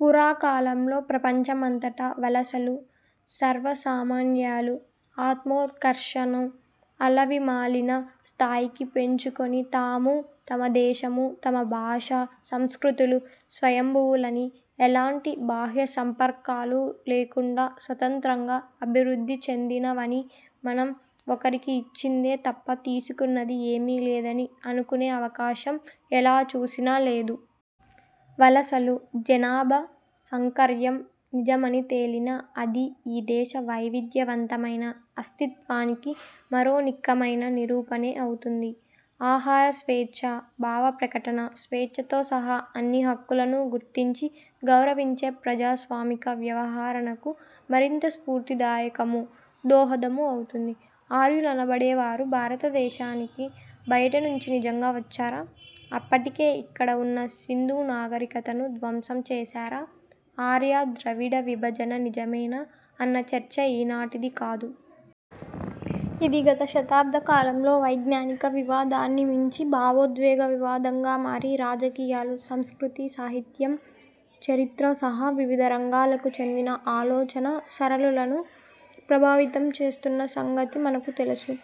పురాకాలంలో ప్రపంచమంతటా వలసలు సర్వసామాన్యాలు. ఆత్మోత్కర్షను అలవిమాలిన స్థాయికి పెంచుకుని తామూ, తమ దేశమూ, తమ భాషా, సంస్కృతులూ స్వయంభువులని, ఎలాంటి బాహ్యసంపర్కాలూ లేకుండా స్వతంత్రంగా అభివృద్ధి చెందినవనీ, మనం ఒకరికి ఇచ్చిందే తప్ప తీసుకున్నది ఏమీ లేదనీ అనుకునే అవకాశం ఎలా చూసినా లేదు. వలసలు, జనాభా సాంకర్యం నిజమని తేలినా అది ఈ దేశ వైవిధ్యవంతమైన అస్తిత్వానికి మరో నిక్కమైన నిరూపణే అవుతుంది. ఆహార స్వేచ్ఛ, భావప్రకటన స్వేచ్ఛతో సహా అన్ని హక్కులనూ గుర్తించి గౌరవించే ప్రజాస్వామిక వ్యవహరణకు మరింత స్ఫూర్తిదాయకమూ, దోహదమూ అవుతుంది. ఆర్యులనబడేవారు భారతదేశానికి బయటి నుంచి నిజంగా వచ్చారా, అప్పటికే ఇక్కడ ఉన్న సింధు నాగరికతను ధ్వంసం చేశారా, ఆర్య–ద్రవిడ విభజన నిజమేనా అన్న చర్చ ఈనాటిది కాదు. ఇది గత శతాబ్దకాలంలో వైజ్ఞానిక వివాదాన్ని మించి భావోద్వేగ వివాదంగా మారి రాజకీయాలు, సంస్కృతి, సాహిత్యం, చరిత్ర సహా వివిధరంగాలకు చెందిన ఆలోచనా సరళులను ప్రభావితం చేస్తున్న సంగతి మనకు తెలుసు.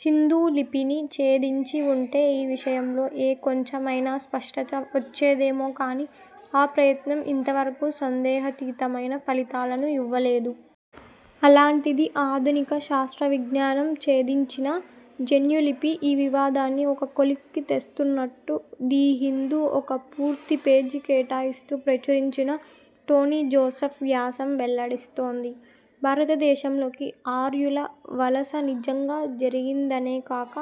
సింధు లిపిని ఛేదించి ఉంటే ఈ విషయంలో ఏ కొంచెమైనా స్పష్టత వచ్చేదేమో కానీ, ఆ ప్రయత్నం ఇంతవరకు సందేహాతీతమైన ఫలితాలను ఇవ్వలేదు. అలాంటిది, ఆధునిక శాస్త్రవిజ్ఞానం ఛేదించిన 'జన్యులిపి' ఈ వివాదాన్నిఒక కొలిక్కి తెస్తున్నట్టు, ది హిందూ ఒక పూర్తి పేజీ కేటాయిస్తూ ప్రచురించిన టోనీ జోసెఫ్ వ్యాసం వెల్లడిస్తోంది. భారతదేశంలోకి ఆర్యుల వలస నిజంగా జరిగిందనేకాక,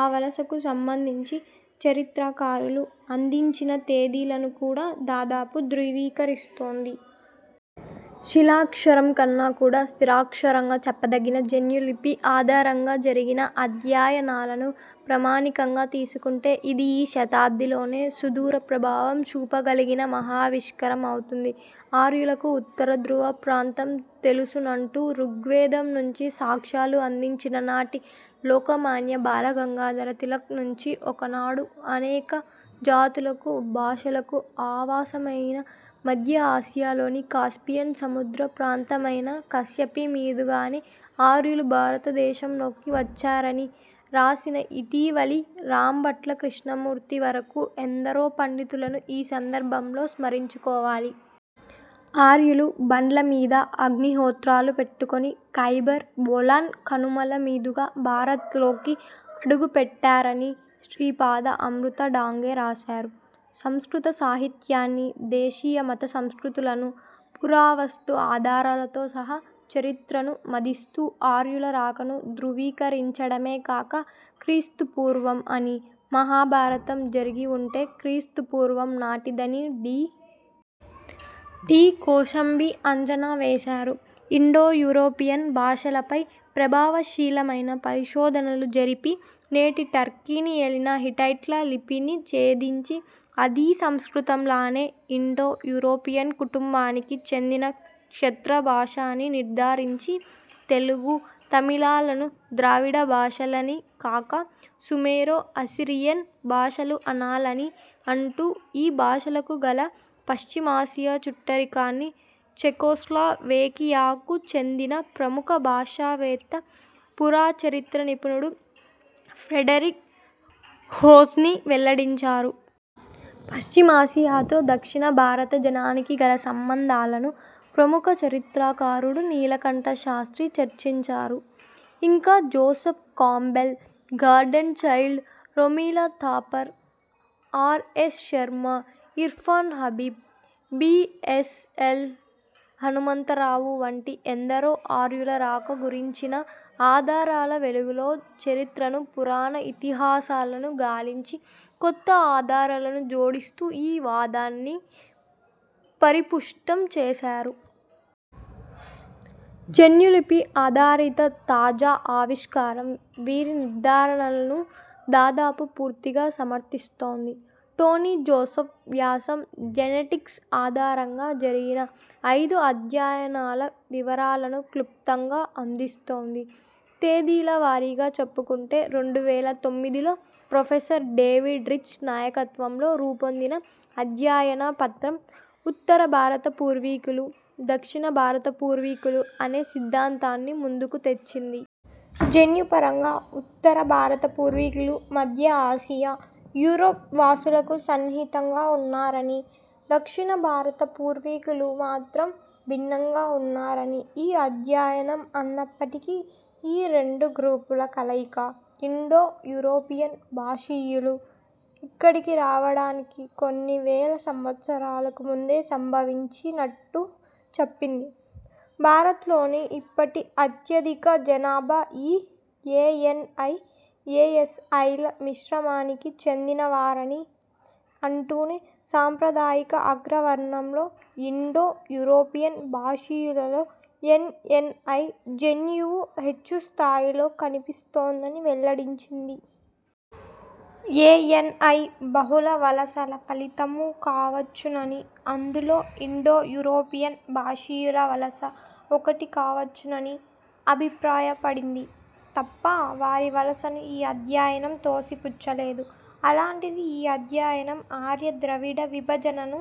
ఆ వలసకు సంబంధించి చరిత్రకారులు అందించిన తేదీలను కూడా దాదాపు ధ్రువీకరిస్తోంది. శిలాక్షరం కన్నా కూడా స్థిరాక్షరంగా చెప్పదగిన జన్యులిపి ఆధారంగా జరిగిన అధ్యయనాలను ప్రామాణికంగా తీసుకుంటే ఇది ఈ శతాబ్దిలోనే సుదూరప్రభావం చూపగలిగిన మహావిష్కారం అవుతుంది. ఆర్యులకు ఉత్తరధ్రువ ప్రాంతం తెలుసునంటూ ఋగ్వేదం నుంచి సాక్ష్యాలు అందించిన నాటి లోకమాన్య బాలగంగాధర తిలక్ నుంచి ఒకనాడు అనేక జాతులకు భాషలకు ఆవాసమైన మధ్య ఆసియాలోని కాస్పియన్ సముద్ర ప్రాంతమైన కాశ్యపి మీదు గానే ఆర్యులు భారతదేశంలోకి వచ్చారనీ రాసిన ఇటీవలి రాంభట్ల కృష్ణమూర్తి వరకూ ఎందరో పండితులను ఈ సందర్భంలో స్మరించుకోవాలి. ఆర్యులు బండ్ల మీద అగ్నిహోత్రాలు పెట్టుకుని కైబర్, బొలాన్ కనుమల మీదుగా భారత్ లోకి అడుగుపెట్టారని శ్రీపాద అమృత డాంగే రాశారు. సంస్కృతసాహిత్యాన్నీ, దేశీయ మతసంస్కృతులను, పురావస్తు ఆధారాలతో సహా చరిత్రను మధిస్తూ ఆర్యుల రాకను ధ్రువీకరించడమే కాక క్రీస్తుపూర్వం అనీ, మహాభారతం జరిగి ఉంటే క్రీస్తుపూర్వం నాటిదనీ డి. డి. కోశాంబీ అంచనావేశారు. ఇండో –యూరోపియన్ భాషలపై ప్రభావశీలమైన పరిశోధనలు జరిపి, నేటి టర్కీని ఏలిన హిట్టైట్ల లిపిని ఛేదించి అది సంస్కృతంలానే ఇండో–యూరోపియన్ కుటుంబానికి చెందిన క్షత్రభాష అని నిర్ధారించి, తెలుగు, తమిళాలను ద్రావిడభాషలని కాక, సుమేరో– అసీరియన్ భాషలు అనాలని అంటూ ఈ భాషలకు గల పశ్చిమాసియా చుట్టరికాన్ని చెకొస్లవేకియాకు చెందిన ప్రముఖ భాషావేత్త, పురాచరిత్ర నిపుణుడు ఫ్రెడరిక్ హ్రోజ్నీ వెల్లడించారు. పశ్చిమాసియాతో దక్షిణ భారత జనానికి గల సంబంధాలను ప్రముఖ చరిత్రకారుడు నీలకంఠశాస్త్రి చర్చించారు. ఇంకా Joseph Campbell, Gordon Childe, Romila Thapar, R. S. Sharma, Irfan Habib, B. S. L. Hanumantha Rao వంటి ఎందరో ఆర్యుల రాక గురించిన ఆధారాల వెలుగులో చరిత్రను, పురాణ ఇతిహాసాలను గాలించి కొత్త ఆధారాలను జోడిస్తూ ఈ వాదాన్ని పరిపుష్టం చేశారు. జన్యులిపి ఆధారిత తాజా ఆవిష్కారం వీరి నిర్ధారణలను దాదాపు పూర్తిగా సమర్ధిస్తోంది. టోనీ జోసెఫ్ వ్యాసం జెనెటిక్స్ ఆధారంగా జరిగిన అయిదు అధ్యయనాల వివరాలను క్లుప్తంగా అందిస్తోంది. తేదీల వారీగా చెప్పుకుంటే, రెండు వేల తొమ్మిదిలో ప్రొఫెసర్ డేవిడ్ రీచ్ నాయకత్వంలో రూపొందిన అధ్యయనపత్రం, 'ఉత్తర భారత పూర్వీకులు ', 'దక్షిణభారత పూర్వీకులు ' అనే సిద్ధాంతాన్ని ముందుకు తెచ్చింది. జన్యుపరంగా ఉత్తరభారత పూర్వీకులు మధ్యఆసియా, యూరప్ వాసులకు సన్నిహితంగా ఉన్నారనీ, దక్షిణభారత పూర్వీకులు మాత్రం భిన్నంగా ఉన్నారనీ ఈ అధ్యయనం అన్నప్పటికీ, ఈ రెండు గ్రూపుల కలయిక ఇండో–యూరోపియన్ భాషీయులు ఇక్కడికి రావడానికి కొన్ని వేల సంవత్సరాలకు ముందే సంభవించినట్టు చెప్పింది. భారత్ లోని ఇప్పటి అత్యధిక జనాభా ఈ ఏఎన్ఐ, ఏఎస్ఐల మిశ్రమానికి చెందినవారని అంటూనే, సాంప్రదాయిక అగ్రవర్ణంలో, ఇండో–యూరోపియన్ భాషీయులలో ఎన్ఎన్ఐ జన్యువు హెచ్చుస్థాయిలో కనిపిస్తోందని వెల్లడించింది. ఏఎన్ఐ బహుళ వలసల ఫలితమూ కావచ్చుననీ, అందులో ఇండో–యూరోపియన్ భాషీయుల వలస ఒకటి కావచ్చుననీ అభిప్రాయపడింది తప్ప వారి వలసను ఈ అధ్యయనం తోసిపుచ్చలేదు. అలాంటిది, ఈ అధ్యయనం ఆర్య–ద్రవిడ విభజనను